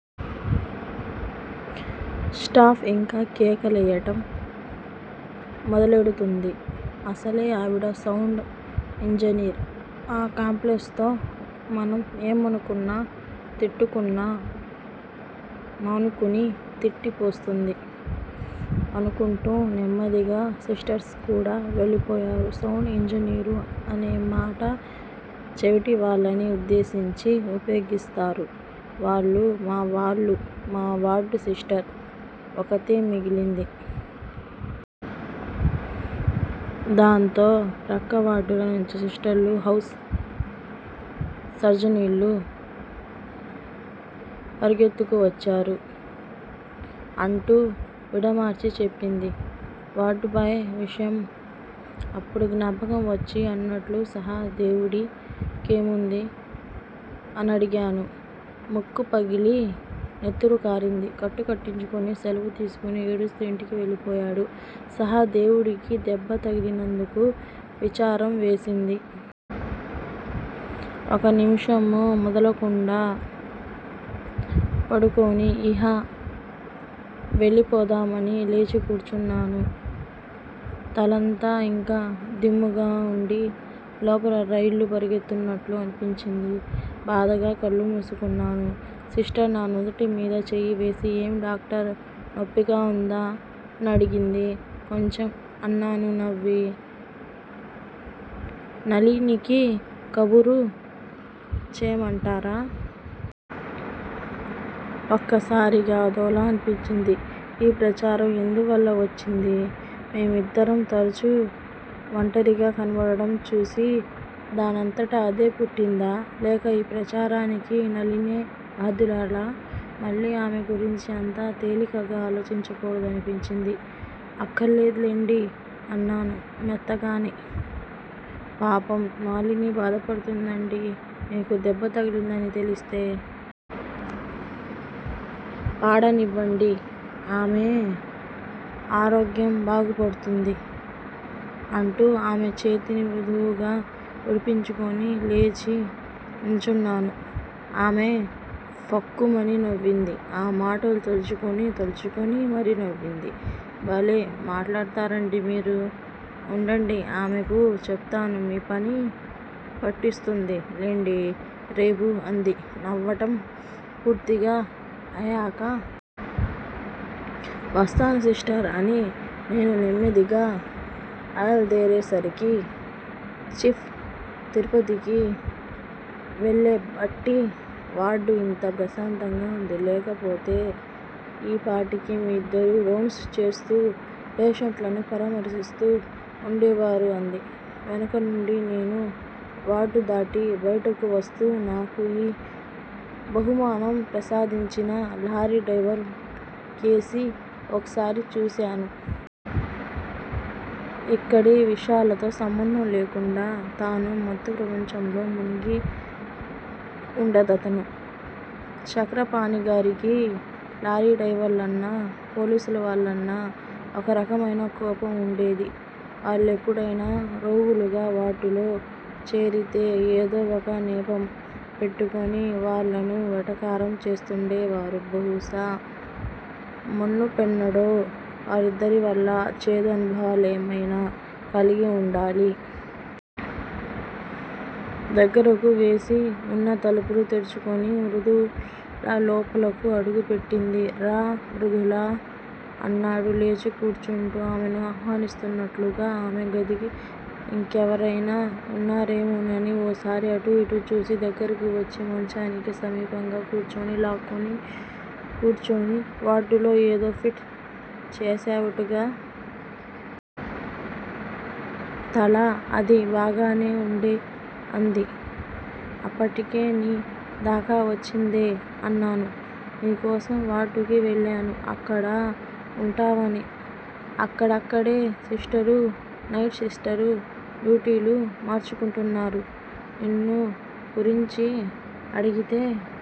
Staff యింక కేక లెయ్యటం మొదలెడుతుంది. అసలే ఆవిడ సౌండ్ యింజనీర్. ఆ కాంప్లెక్సుతో మనం ఏమనుకున్నా తిట్టుకుంటున్నా మానుకుని తిట్టి పోస్తుంది. అనుకుంటూ, నెమ్మదిగా సిస్టర్స్ కూడా వెళ్ళిపోయారు. సౌండ్ యింజనీరు అనే మాట చెవిటివాళ్ళని ఉద్దేశించి ఉపయోగిస్తారు వాళ్ళు. మా వార్డు సిస్టర్ ఒక్కతే మిగిలింది. దాంతో ప్రక్క వార్డులనుంచి సిస్టర్లూ, హౌస్ సర్జనీలు పరిగెత్తుకు వచ్చారు అంటూ, విడమర్చి చెప్పింది. వార్డుబాయ్ విషయం అప్పుడు జ్ఞాపకం వచ్చి అన్నట్లు సహదేవుడి కేముంది? అనడిగాను. ముక్కు పగిలి నెత్తురుకారింది. కట్టు కట్టించుకుని, సెలవు తీసుకుని ఏడుస్తూ యింటికివెళ్ళిపోయాడు. సహదేవుడికి దెబ్బ తగిలినందుకు విచారం వేసింది. ఒక నిముషం మెదలకుండా పడుకుని యిహ వెళ్ళిపోదామని లేచి కూర్చున్నాను. తలంతా యింకా దిమ్ముగా వుండి, లోపల రైళ్ళు పరిగెత్తున్నట్లు అనిపించింది. బాధగా కళ్ళు మూసుకున్నాను. సిస్టర్ నా నుదుటిమీద చెయ్యివేసి ఏం డాక్టర్, నొప్పిగా వుందా? అనడిగింది. కొంచెం అన్నాను నవ్వి. నళినికి కబురు చెయ్యమంటారా? ఒక్కసారిగా అదోలా అనిపించింది. ఈ ప్రచారం ఎందువల్ల వచ్చింది? మేమిద్దరం తరుచు వంటరిగా కనబడటం చూసి దానంతట అదే పుట్టిందా? లేక ఈ ప్రచారానికి నళినే బాధ్యురాలా! మళ్ళీ ఆమె గురించి అంత తేలికగా ఆలోచించకూడదనిపించింది. అఖ్కర్లేదులెండి అన్నాను మెత్తగానే. పాపం నళిని బాధపడుతుందండి మీకు దెబ్బ తగిలిందని తెలిస్తే. పాడనివ్వండి. ఆమె ఆరోగ్యం బాగుపడుతుంది అంటూ ఆమె చేతిని మృదువుగా విడిపించుకుని లేచి నిల్చున్నాను. ఆమె ఫక్కుమని నవ్వింది. ఆ మాటలు తలుచుకుని తలుచుకుని మరీ నవ్వింది. బలే మాట్లాడతారండి మీరు. ఉండండి ఆమెకు చెప్తాను. మీపని పట్టిస్తుంది లెండి, రేపు అంది, నవ్వటం పూర్తిగా అయాక. వస్తాను సిస్టర్! అని నేను నెమ్మదిగా ఆయల్దేరేసరికి చీఫ్ తిరుపతికి వెళ్ళెబట్టి వార్డు యింత ప్రశాంతంగా వుంది. లేకపోతే యీ పాటికి మీ ఇద్దరూ రౌండ్సు చేస్తూ, పేషెంట్లను పరామర్శిస్తూ ఉండేవారు అంది వెనక నుండి. నేను వార్డుదాటి బయటకువస్తూ నాకు యీ బహుమానం ప్రసాదించిన లారీ డ్రైవర్ కేసి ఒకసారి చూశాను. ఇక్కడి విషాలతో సంబంధం లేకుండా తాను మత్తు ప్రపంచంలో మునిగి ఉడదతను. చక్రపాణిగారికి లారీ డ్రైవర్లన్నా పోలీసువాళ్ళన్నా, ఒకరకమైన కోపం వుండేది. వాళ్ళెప్పుడైనా రోగులుగా వార్డులో చేరితే ఏదో ఒక నెపం పెట్టుకుని వాళ్ళను వెటకారం చేస్తూండేవారు. బహుశా మునుపెన్నడో వారిద్దరివల్లా చేదు అనుభవాలేమైనా కలిగివుండాలి. దగ్గరకు వేసి వున్న తలుపులు తెరుచుకుని మృదుల లోపలకు అడుగు పెట్టింది. రా మృదులా! అన్నాడు లేచి కూర్చుంటూ. ఆమెను ఆహ్వానిస్తున్నట్లుగా. ఆమె గదిలో యింకెవరైనా వున్నారేమోనని ఓసారి అటూ యిటూ చూసి దగ్గరకు వచ్చి, మంచానికి సమీపంగా కూర్చుని లాక్కుని కూర్చుని వార్డులో ఏదో ఫీట్ చేశావుటగా! తలా అదీ బాగానే ఉండే అంది. అప్పటికే నీ దాకావచ్చిందే అన్నాను. నీకోసం వార్డుకి వెళ్ళాను. అక్కడ వుంటావని. అక్కడక్కడే సిస్టరూ, నైట్ సిస్టరూ డ్యూటీలు మార్చుకుంటున్నారు. నిన్ను గురించి అడిగితే